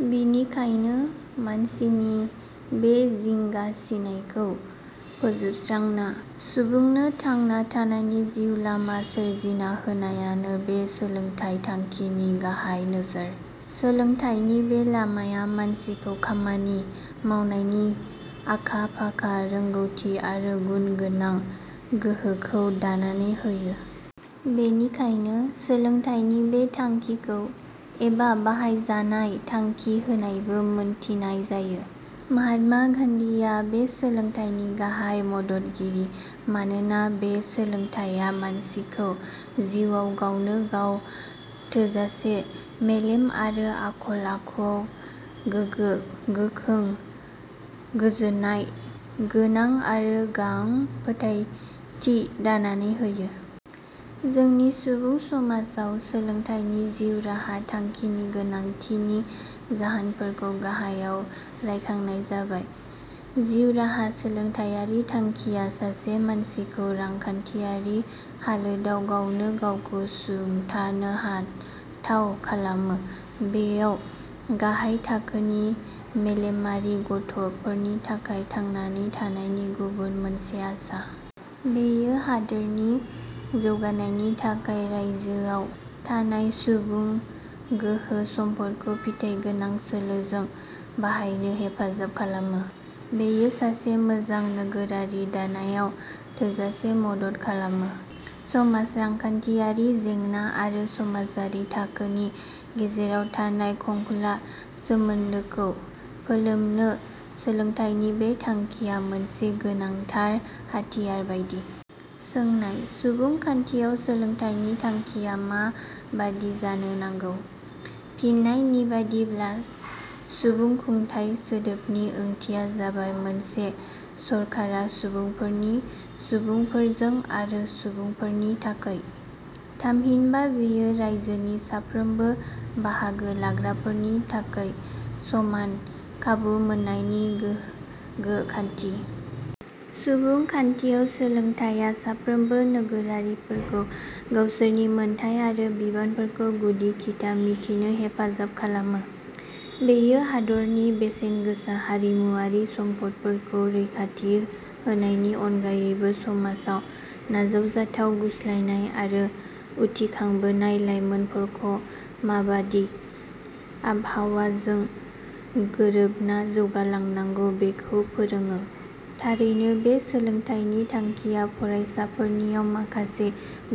बिनिखायनो मानसिनि बे जिंगा सिनायखौ फोजोबस्रांना सुबुंनो थांना थानायनि जिउ लामा सोरजिना होनायानो बे सोलोंथाय थांखिनि गाहाय नोजोर। सोलोंथायनि बे लामाया मानसिखौ खामानि मावनायनि आखा फाखा, रोंगौथि आरो गुन गोनां गोहोखौ दानानै होयो। बेनिखायनो सोलोंथाइनि बे थांखिखौ "" एबा ' बाहायजानाय' थांखि होन्नाबो मोन्थिनाय जायो। महात्मा गान्धिया बे सोलोंथाइनि गाहाइ मददगिरि। मानोना बे सोलोंथाइया मानसिखौ जिउआव गावनो गाव थोजासे, मेलेम आरो आखल आखुआव गोगो-गोखों, गोजोन्नाय गोनां आरो गांव फोथाइथि दानानै होयो। जोंनि सुबुं समाजाव सोलोंथाइनि जिउ राहा थांखिनि गोनांथिनि जाहोनफोरखौ गाहायाव रायखांनाय जाबाय। जिउ राहा सोलोंथाइयारि थांखिया सासे मानसिखौ रांखान्थियारि हालोदाव गावनो गावखौ सुंथानो हाथाव खालामो। बेयो गाहाय थाखोनि मेलेमारि गथ 'फोरनि थाखाय थांनानै थानायनि गुबुन मोनसे आसा। बेयो हादोरनि जौगानायनि थाखाय रायजोआव थानाय सुबुं गोहो सम्पदखौ फिथाइगोनां सोलोजों बाहायनो हेफाजाब खालामो। बेयो सासे मोजां नोगोरारि दानायाव थोजासे मदद खालामो। समाज- रांखान्थियारि जेंना आरो समाजारि थाखोनि गेजेराव थानाय खंखला सोमोन्दोखौ फोलोमनो सोलोंथाइनि बे थांखिया मोनसे गोनांथार हाथियार बायदि। सोंनाय-. सुबुं खान्थियाव सोलोंथाइनि थांखिया मा बादि जानो नांगौ? फिन्नाय: नि बादिब्ला सुबुंखुंथाइ सोदोबनि ओंथिया जाबाय, 'मोनसे सरकारा सुबुंफोरनि, सुबुंफोरजों आरो सुबुंफोरनि थाखै। " थामहिनबा बेयो रायजोनि साफ्रोमबो बाहागो लाग्राफोरनि थाखै समान खाबु मोन्नायनि गोगो खान्थि। सुबुंखान्धियाव सोलोंथाइया साफ्रोमबो नोगोरारिफोरखौ गावसोरनि मोन्थाइ आरो बिबानफोरखौ गुदि-खिथा मिथिनो हेफाजाब खालामो। बेयो हादरनि बेसेनगोसा हारिमुवारि सम्पदफोरखौ रैखाथि होनायनि अनगायैबो समाजाव नाजावजाथाव गुस्लायनाय आरो उथिखांबोनाय लाइमोनफोरख माबादि आबहावाजों गोरोबना जौगालांनांगौ बेखौ फोरोङो। थारैनो वे सोलोंथाइनि थांखिया फरायसाफोरनियाव माखासे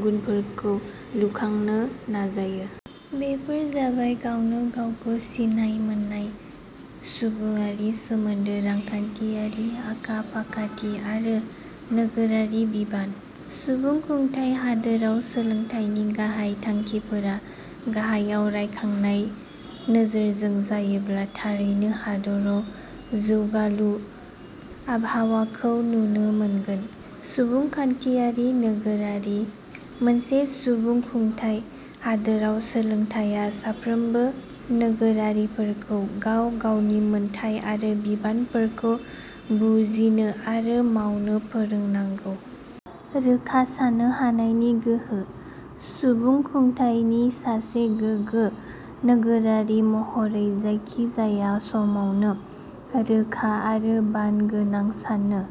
गुनफोरखौ लुखांनो नाजायो। बेफोर जाबाय- गावनो गावखौ सिनायमोन्नाय सुबुडारि सोमोन्दो रांखान्थियारि आखा-फाखाथि आरो नोगोरारि बिबान। सुबुं खुंथाय हादोराव सोलोंथाइनि गाहाइ थांखिफोरा गाहायाव रायखांनाय नोजोरजों जायोब्ला थारैनो हादराव जौगालु आबहावाखौ नुनो मोनगोन। सुबुंखान्थियारि नोगोरारि: मोनसे सुबुंखुंथाइ हादोराव सोलोंथाइया साफ्रोमबो नोगोरारिफोरखौ गाव-गावनि मोन्थाइ आरो बिबानफोरखौ बुजिनो आरो मावनो फोरोंनांगौ। रोखा सान्नो हानायनि गोहो: सुबुंखुंथाइनि सासे गोगो नोगोरारि महरै जायखिजाया समावनो रोखा आरो बान गोनां सान्नो,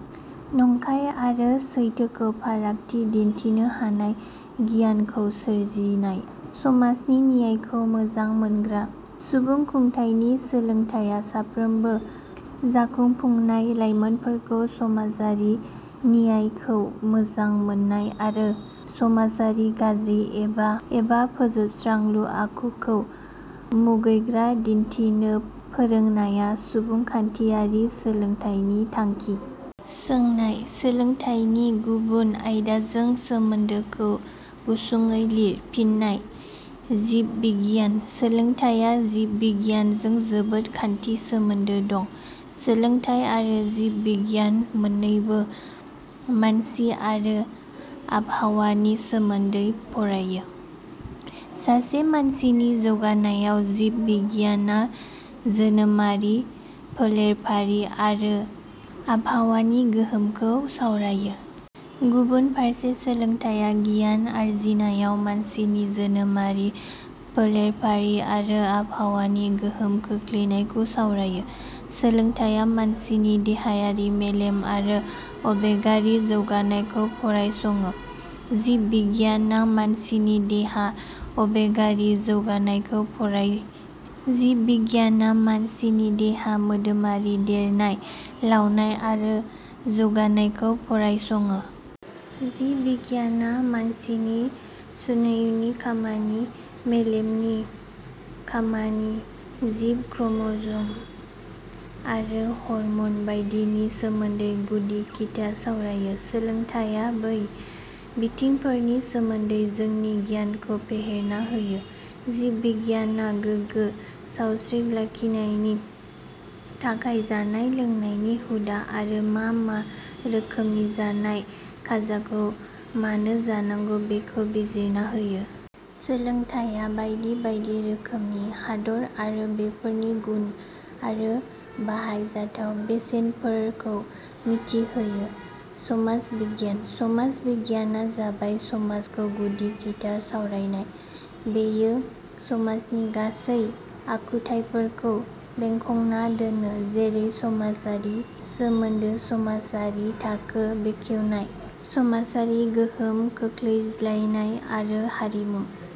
नंखाय आरो सैथोखौ फारागथि दिन्थिनो हानाय गियानखौ सोरजिनाय। समाजनि नियायखौ मोजां मोनग्रा: सुबुंखुंथाइनि सोलोंथाइया साफ्रोमबो जाखुंफुनाय लाइमोनफोरखौ समाजारि नियायखौ मोजांमोन्नाय आरो समाजारि गाज्रि एबा फोजोबस्रांलु आखुखौ मुगैग्रा दिन्थिनो फोरोंनाया सुबुंखान्थियारि सोलोंथाइनि थांखि। सोंनाय-. सोलोंथाइनि गुबुन आयदाजों सोमोन्दोखौ गुसुङै लिर। फिन्नाय: जिब बिगियान: सोलोंथाइया जिब बिगियानजों जोबोद खान्थि सोमोन्दो दं। सोलोंथाइ आरो जिब बिगियान मोन्नैबो मानसि आरो आबहावानि सोमोन्दै फरायो। सासे मानसिनि जौगानायाव जिब बिगियाना जोनोमारि फोलेरफारि आरो आबाहावानि गोहोमखौ सावरायो। गुबुन फारसे सोलोंथाइया गियान आरजिनायाव मानसिनि जोनोमारि फोलेरफारि आरो आबहावानि गोहोम खोख्लैनायखौ सावरायो। सोलोंथाइया मानसिनि देहायारि, मेलेम आरो आबेगारि जौगानायखौ फरायसङो। जिब बिगियाना मानसिनि देहा-आबेगारि जौगानायखौ फरायसो। जिब बिगियाना मानसिनि देहा-मोदोमारि देरनाय- लावनाय आरो जौगानायखौ फरायसङो। जिब बिगियाना मानसिनि स्नायुनि खामानि, मेलेमनि खामानि, जिन, क्रमज 'म आरो हरमन बायदिनि सोमोन्दै गुदि-खिथा सावरायो। सोलोंथाइया बै बिथिंफोरनि सोमोन्दै जोंनि गियानखौ फेहेरना होयो। जिब बिगियाना गोगो साउस्त्रि लाखिनायनि थाखाय जानाय-लोंनायनि हुदा आरो मा मा रोखोमनि जानाय खाजाखौ मानो जानांगौ बेखौ बिजिरना होयो। सोलोंथाइया बायदि बायदि रोखोमनि आदार आरो बेफोरनि गुन आरो बाहाय जाथाव बेसेनफोरखौ मिथि होयो। समाज बिगियान: समाज बिगियाना जाबाय समाजखौ गुदि-खिथा सावरायनाय। बेयो समाजनि गासै आखुथाइफोरखौ बेंखन्ना दोनो। जेरै- समाजारि सोमोन्दो, समाजारि थाखो बोखावनाय, समाजारि गोहोम खोख्लैज्लायनाय आरो हारिमु।